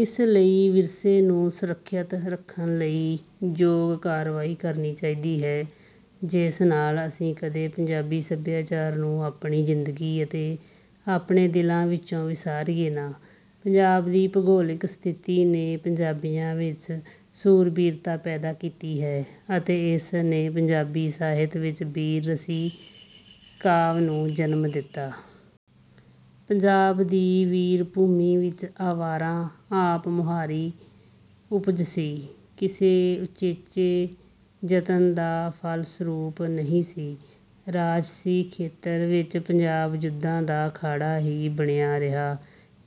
ਇਸ ਲਈ ਵਿਰਸੇ ਨੂੰ ਸੁਰੱਖਿਅਤ ਰੱਖਣ ਲਈ ਯੋਗ ਕਾਰਵਾਈ ਕਰਨੀ ਚਾਹੀਦੀ ਹੈ, ਜਿਸ ਨਾਲ ਅਸੀਂ ਕਦੇ 'ਪੰਜਾਬੀ ਸੱਭਿਆਚਾਰ' ਨੂੰ ਆਪਣੀ ਜ਼ਿੰਦਗੀ ਅਤੇ ਆਪਣੇ ਦਿਲਾਂ ਵਿੱਚੋਂ ਵਿਸਾਰੀਏ ਨਾ। ਪੰਜਾਬ ਦੀ ਭੂਗੋਲਿਕ ਸਥਿਤੀ ਨੇ ਪੰਜਾਬੀਆਂ ਵਿੱਚ ਸ਼ੂਰਬੀਰਤਾ ਪੈਦਾ ਕੀਤੀ, ਅਤੇ ਇਸ ਨੇ ਪੰਜਾਬੀ ਸਾਹਿਤ ਵਿੱਚ ਬੀਰ-ਰਸੀ ਕਾਵਿ ਨੂੰ ਜਨਮ ਦਿੱਤਾ। ਪੰਜਾਬ ਦੀ ਵੀਰ-ਭੂਮੀ ਵਿੱਚ 'ਵਾਰਾਂ' ਆਪ-ਮੁਹਾਰੀ ਉਪਜ ਸੀ, ਕਿਸੇ ਉਚੇਚੇ ਜਤਨ ਦਾ ਫਲਸਰੂਪ ਨਹੀਂ ਸੀ। ਰਾਜਸੀ ਖੇਤਰ ਵਿੱਚ ਪੰਜਾਬ ਜੁੱਧਾਂ ਦਾ ਅਖਾੜਾ ਹੀ ਬਣਿਆ ਰਿਹਾ,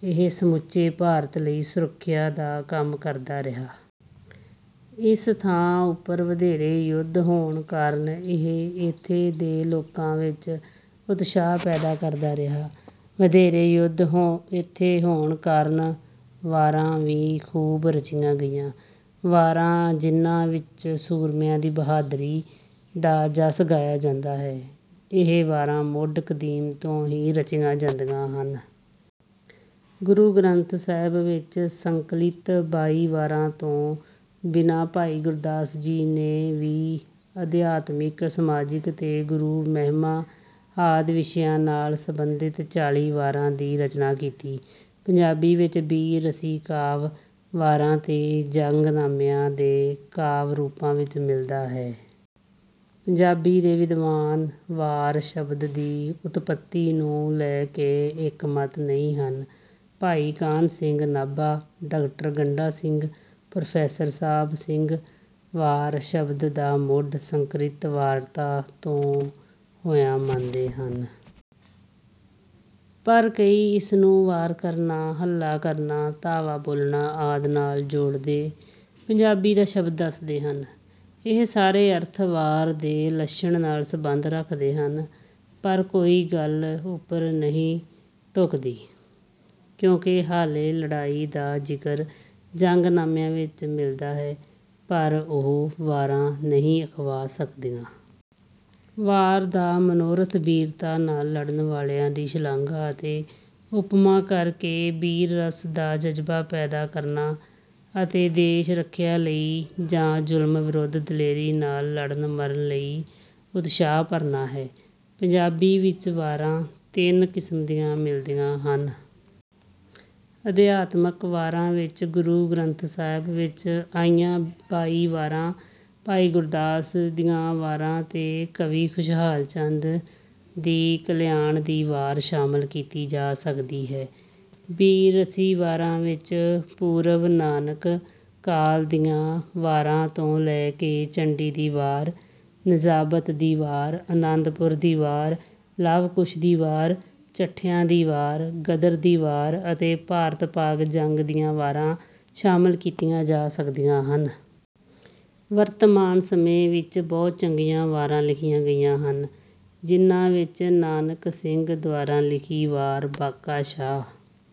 ਇਹ ਸਮੁੱਚੇ ਭਾਰਤ ਲਈ ਸੁਰੱਖਿਆ ਦਾ ਕੰਮ ਕਰਦਾ ਰਿਹਾ। ਇਸ ਥਾਂ ਉੱਪਰ ਵਧੇਰੇ ਜੁੱਧ ਹੋਣ ਕਾਰਨ ਇਹ ਇੱਥੇ ਦੇ ਲੋਕਾਂ ਵਿੱਚ ਉਤਸ਼ਾਹ ਪੈਦਾ ਕਰਦਾ ਰਿਹਾ। ਵਧੇਰੇ ਜੁੱਧ ਇੱਥੇ ਹੋਣ ਕਾਰਨ ਵਾਰਾਂ ਵੀ ਖੂਬ ਰਚੀਆਂ ਗਈਆਂ। ਵਾਰਾਂ, ਜਿਹਨਾਂ ਵਿੱਚ ਸੂਰਮਿਆਂ ਦੀ ਬਹਾਦਰੀ ਦਾ ਜਸ ਗਾਇਆ ਜਾਂਦਾ ਹੈ, ਇਹ ਵਾਰਾਂ ਮੁੱਢ-ਕਦੀਮ ਤੋਂ ਹੀ ਰਚੀਆਂ ਜਾਂਦੀਆਂ ਰਹੀਆਂ ਹਨ। ਗੁਰੂ ਗ੍ਰੰਥ ਸਾਹਿਬ ਵਿੱਚ ਸੰਕਲਿਤ ਬਾਈ ਵਾਰਾਂ ਤੋਂ ਬਿਨਾਂ ਭਾਈ ਗੁਰਦਾਸ ਜੀ ਨੇ ਵੀ ਅਧਿਆਤਮਿਕ, ਸਮਾਜਿਕ ਤੇ ਗੁਰੂ-ਮਹਿਮਾ ਆਦਿ ਵਿਸ਼ਿਆਂ ਨਾਲ ਸੰਬੰਧਿਤ ਚਾਲੀ ਵਾਰਾਂ ਦੀ ਰਚਨਾ ਕੀਤੀ। ਪੰਜਾਬੀ ਵਿੱਚ ਬੀਰ-ਰਸੀ ਕਾਵਿ, ਵਾਰਾਂ ਤੇ ਜੰਗਨਾਮਿਆਂ ਦੇ ਕਾਵਿ-ਰੂਪਾਂ ਵਿੱਚ ਮਿਲਦਾ ਹੈ। ਪੰਜਾਬੀ ਦੇ ਵਿਦਵਾਨ 'ਵਾਰ' ਸ਼ਬਦ ਦੀ ਉਤਪੱਤੀ ਨੂੰ ਲੈ ਕੇ ਇੱਕਮਤ ਨਹੀਂ ਹਨ। ਭਾਈ ਕਾਨ੍ਹ ਸਿੰਘ ਨਾਭਾ, ਡਾਕਟਰ ਗੰਡਾ ਸਿੰਘ, ਪ੍ਰੋਫੈਸਰ ਸਾਹਿਬ ਸਿੰਘ 'ਵਾਰ' ਸ਼ਬਦ ਦਾ ਮੁੱਢ ਸੰਸਕ੍ਰਿਤ 'ਵਾਰਤਾ' ਤੋਂ ਹੋਇਆ ਮੰਨਦੇ ਹਨ। ਪਰ ਕਈ ਇਸਨੂੰ 'ਵਾਰ ਕਰਨਾ', 'ਹੱਲਾ ਕਰਨਾ', 'ਧਾਵਾ ਬੋਲਣਾ' ਆਦਿ ਨਾਲ ਜੋੜਦੇ ਪੰਜਾਬੀ ਦਾ ਸ਼ਬਦ ਦੱਸਦੇ ਹਨ। ਇਹ ਸਾਰੇ ਅਰਥ 'ਵਾਰ' ਦੇ ਲੱਛਣ ਨਾਲ ਸੰਬੰਧ ਰੱਖਦੇ ਹਨ, ਪਰ ਕੋਈ ਗੱਲ ਉੱਪਰ ਨਹੀਂ ਢੁਕਦੀ, ਕਿਉਂਕਿ ਹਾਲੇ ਲੜਾਈ ਦਾ ਜ਼ਿਕਰ ਜੰਗਨਾਮਿਆਂ ਵਿੱਚ ਮਿਲਦਾ ਹੈ, ਪਰ ਉਹ ਵਾਰਾਂ ਨਹੀਂ ਅਖਵਾ ਸਕਦੀਆਂ। ਵਾਰ ਦਾ ਮਨੋਰਥ ਬੀਰਤਾ ਨਾਲ ਲੜਨ ਵਾਲਿਆਂ ਦੀ ਸ਼ਲਾਘਾ ਅਤੇ ਉਪਮਾ ਕਰ ਕੇ ਬੀਰ-ਰਸ ਦਾ ਜਜ਼ਬਾ ਪੈਦਾ ਕਰਨਾ ਅਤੇ ਦੇਸ਼-ਰੱਖਿਆ ਲਈ ਜਾਂ ਜ਼ੁਲਮ ਵਿਰੁੱਧ ਦਲੇਰੀ ਨਾਲ ਲੜਨ-ਮਰਨ ਲਈ ਉਤਸ਼ਾਹ ਭਰਨਾ ਹੈ। ਪੰਜਾਬੀ ਵਿੱਚ ਵਾਰਾਂ ਤਿੰਨ ਕਿਸਮ ਦੀਆਂ ਮਿਲਦੀਆਂ ਹਨ। ਅਧਿਆਤਮਕ ਵਾਰਾਂ ਵਿੱਚ ਗੁਰੂ ਗ੍ਰੰਥ ਸਾਹਿਬ ਵਿੱਚ ਆਈਆਂ ਬਾਈ ਵਾਰਾਂ, ਭਾਈ ਗੁਰਦਾਸ ਦੀਆਂ ਵਾਰਾਂ ਤੇ ਕਵੀ ਖੁਸ਼ਹਾਲ ਚੰਦ ਦੀ 'ਕਲਿਆਨ ਦੀ ਵਾਰ' ਸ਼ਾਮਿਲ ਕੀਤੀ ਜਾ ਸਕਦੀ ਹੈ। ਬੀਰ-ਰਸੀ ਵਾਰਾਂ ਵਿੱਚ ਪੂਰਵ-ਨਾਨਕ ਕਾਲ ਦੀਆਂ ਵਾਰਾਂ ਤੋਂ ਲੈ ਕੇ 'ਚੰਡੀ ਦੀ ਵਾਰ', 'ਨਜਾਬਤ ਦੀ ਵਾਰ', 'ਅਨੰਦਪੁਰ ਦੀ ਵਾਰ', 'ਲਵ-ਕੁਸ਼ ਦੀ ਵਾਰ', 'ਚੱਠਿਆਂ ਦੀ ਵਾਰ', 'ਗਦਰ ਦੀ ਵਾਰ', ਅਤੇ 'ਭਾਰਤ-ਪਾਕ ਜੰਗ ਦੀਆਂ ਵਾਰਾਂ' ਸ਼ਾਮਲ ਕੀਤੀਆਂ ਜਾ ਸਕਦੀਆਂ ਹਨ। ਵਰਤਮਾਨ ਸਮੇਂ ਵਿੱਚ ਵੀ ਬਹੁਤ ਚੰਗੀਆਂ ਵਾਰਾਂ ਲਿਖੀਆਂ ਗਈਆਂ ਹਨ, ਜਿਹਨਾਂ ਵਿੱਚ ਨਾਨਕ ਸਿੰਘ ਦੁਆਰਾ ਲਿਖੀ 'ਵਾਰ ਬਾਂਕਾ ਸ਼ਾਹ'